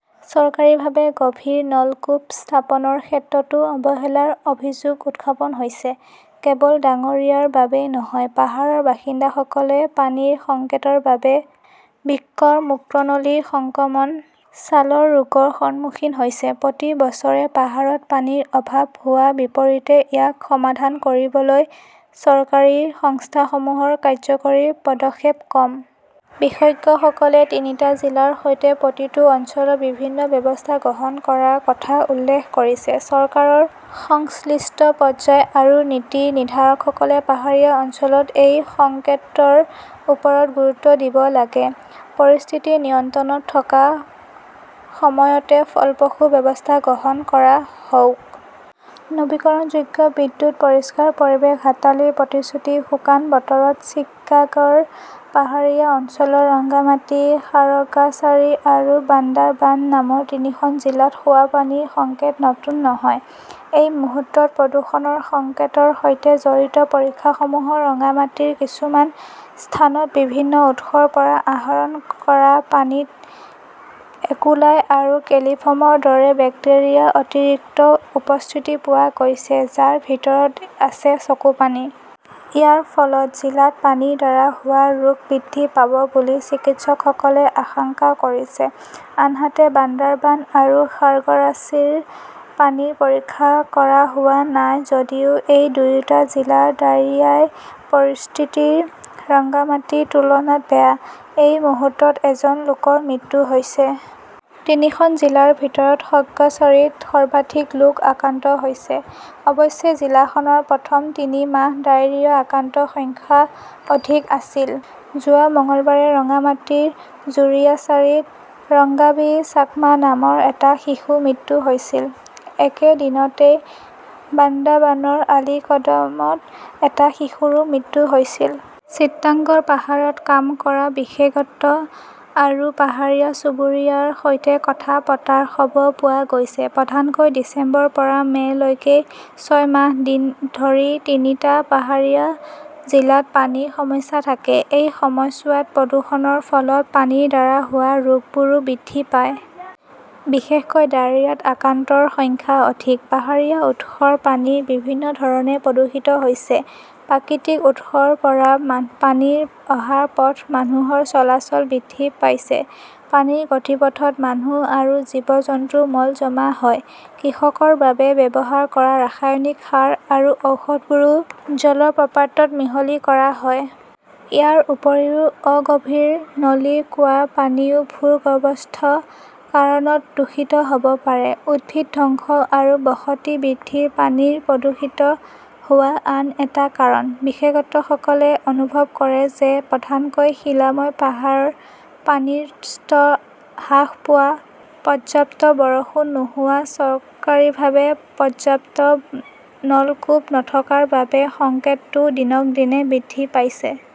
চৰকাৰীভাৱে গভীৰ নলকূপ স্থাপনৰ ক্ষেত্ৰতো অৱহেলাৰ অভিযোগ উত্থাপন হৈছে। কেয়েডাঙৰৰিয়াৰ বাবেই নহয়, পাহাৰৰ বাসিন্দাসকলে পানীৰ সংকটৰ বাবে বৃক্ক, মূত্ৰনলীৰ সংক্ৰমণ, ছালৰ ৰোগৰ সন্মুখীন হৈছে। প্ৰতি বছৰে পাহাৰত পানীৰ অভাৱ হোৱাৰ বিপৰীতে ইয়াক সমাধান কৰিবলৈ চৰকাৰী সংস্থাসমূহৰ কাৰ্যকৰী পদক্ষেপ কম। বিশেষজ্ঞসকলে তিনিটা জিলাৰ সৈতে প্ৰতিটো অঞ্চলত বিভিন্ন ব্যৱস্থা গ্ৰহণ কৰাৰ কথা উল্লেখ কৰিছে। চৰকাৰৰ সংশ্লিষ্ট পৰ্যায় আৰু নীতি নিৰ্ধাৰকসকলে পাহাৰীয়া অঞ্চলত এই সংকটৰ ওপৰত গুৰুত্ব দিব লাগে। পৰিস্থিতি নিয়ন্ত্ৰণত থকাৰ সময়তে ফলপ্ৰসূ ব্যৱস্থা গ্ৰহণ কৰা হওক। নৱীকৰণযোগ্য বিদ্যুৎ, পৰিষ্কাৰ পৰিৱেশ হাতিলৰ প্ৰতিশ্ৰুতি শুকান বতৰত চিটাগংৰ পাহাৰীয়া অঞ্চলৰ ৰংগামাটি, খাগৰাচাৰী আৰু বান্দাৰবান নামৰ তিনিখন জিলাত খোৱা পানীৰ সংকট নতুন নহয়। এই মুহূৰ্তত প্ৰদূষণ সংকটৰ সৈতে জড়িত; পৰীক্ষাসমূহত ৰংগামাটীৰ কিছুমান স্থানত বিভিন্ন উৎসৰ পৰা আহৰণ কৰা পানীত ইকোলাই আৰু কলিফৰ্মৰ দৰে বেক্টেৰিয়াৰ অতিৰিক্ত উপস্থিতি পোৱা গৈছে, যাৰ ভিতৰত আছে চকুপানী। ইয়াৰ ফলত জিলাত পানীৰ দ্বাৰা হোৱা ৰোগ বৃদ্ধি পাব বুলি চিকিৎসকসকলে আশংকা কৰিছে। আনহাতে, বান্দাৰবান আৰু খাগৰাচাৰীৰ পানী পৰীক্ষা কৰা হোৱা নাই যদিও এই দুয়োটা জিলাৰ ডায়েৰিয়াৰ পৰিস্থিতি ৰংগামাটিৰ তুলনাত বেয়া। এই মুহূৰ্তত এজন লোকৰ মৃত্যু হৈছে। তিনিখন জিলাৰ ভিতৰত খগ্ৰাচৰীত সৰ্বাধিক লোক আক্ৰান্ত হৈছে। অৱশ্যে, জিলাখনৰ প্ৰথম তিনি মাহত ডায়েৰিয়াৰ আক্ৰান্তৰ সংখ্যা অধিক আছিল। যোৱা মঙলবাৰে ৰংগামাটীৰ জুৰাছাড়ীত ৰংগাবী চাকমা নামৰ এটা শিশুৰ মৃত্যু হৈছিল। একে দিনটোতে বান্দাৰবানৰ আলীকাদমত এটা শিশুৰো মৃত্যু হৈছিল। চিটাগং পাহাৰত কাম কৰা বিশেষজ্ঞ আৰু পাহাৰীয়া চুবুৰীয়াৰ সৈতে কথা পতাৰ খবৰ পোৱা গৈছে, প্ৰধানকৈ ডিচেম্বৰৰ পৰা মে' লৈকে ছয় মাহ ধৰি তিনিটা পাহাৰীয়া জিলাত পানীৰ সমস্যা থাকে। এই সময়ছোৱাত প্ৰদূষণৰ ফলত পানীৰ দ্বাৰা হোৱা ৰোগবোৰো বৃদ্ধি পায়। বিশেষকৈ ডায়েৰিয়াত আক্ৰান্তৰ সংখ্যা অধিক। পাহাৰীয়া উৎসৰ পানী বিভিন্ন ধৰণে প্ৰদূষিত হৈছে। প্ৰাকৃতিক উৎসৰ পৰা পানী অহা পথত মানুহৰ চলাচল বৃদ্ধি পাইছে। পানীৰ গতিপথত মানুহ আৰু জীৱ-জন্তুৰ মল জমা হয়। কৃষিৰ বাবে ব্যৱহাৰ কৰা ৰাসায়নিক সাৰ আৰু ঔষধবোৰো জলপ্ৰপাতত মিহলি কৰা হয়। ইয়াৰ উপৰিও অগভীৰ নলীৰ কুঁৱাৰ পানীও ভূগৰ্ভস্থ কাৰণত দূষিত হ'ব পাৰে। উদ্ভিদ ধ্বংস আৰু বসতি বৃদ্ধি পানী প্ৰদূষিত হোৱাৰ আন এটা কাৰণ। বিশেষজ্ঞসকলে অনুভৱ কৰে যে, প্ৰধানকৈ শিলাময় পাহাৰ, পানীৰ স্তৰ হ্ৰাস পোৱা, পৰ্যাপ্ত বৰষুণ নোহোৱা আৰু চৰকাৰীভাৱে পৰ্যাপ্ত নলকূপ নথকাৰ বাবে সংকটটো দিনক দিনে বৃদ্ধি পাইছে।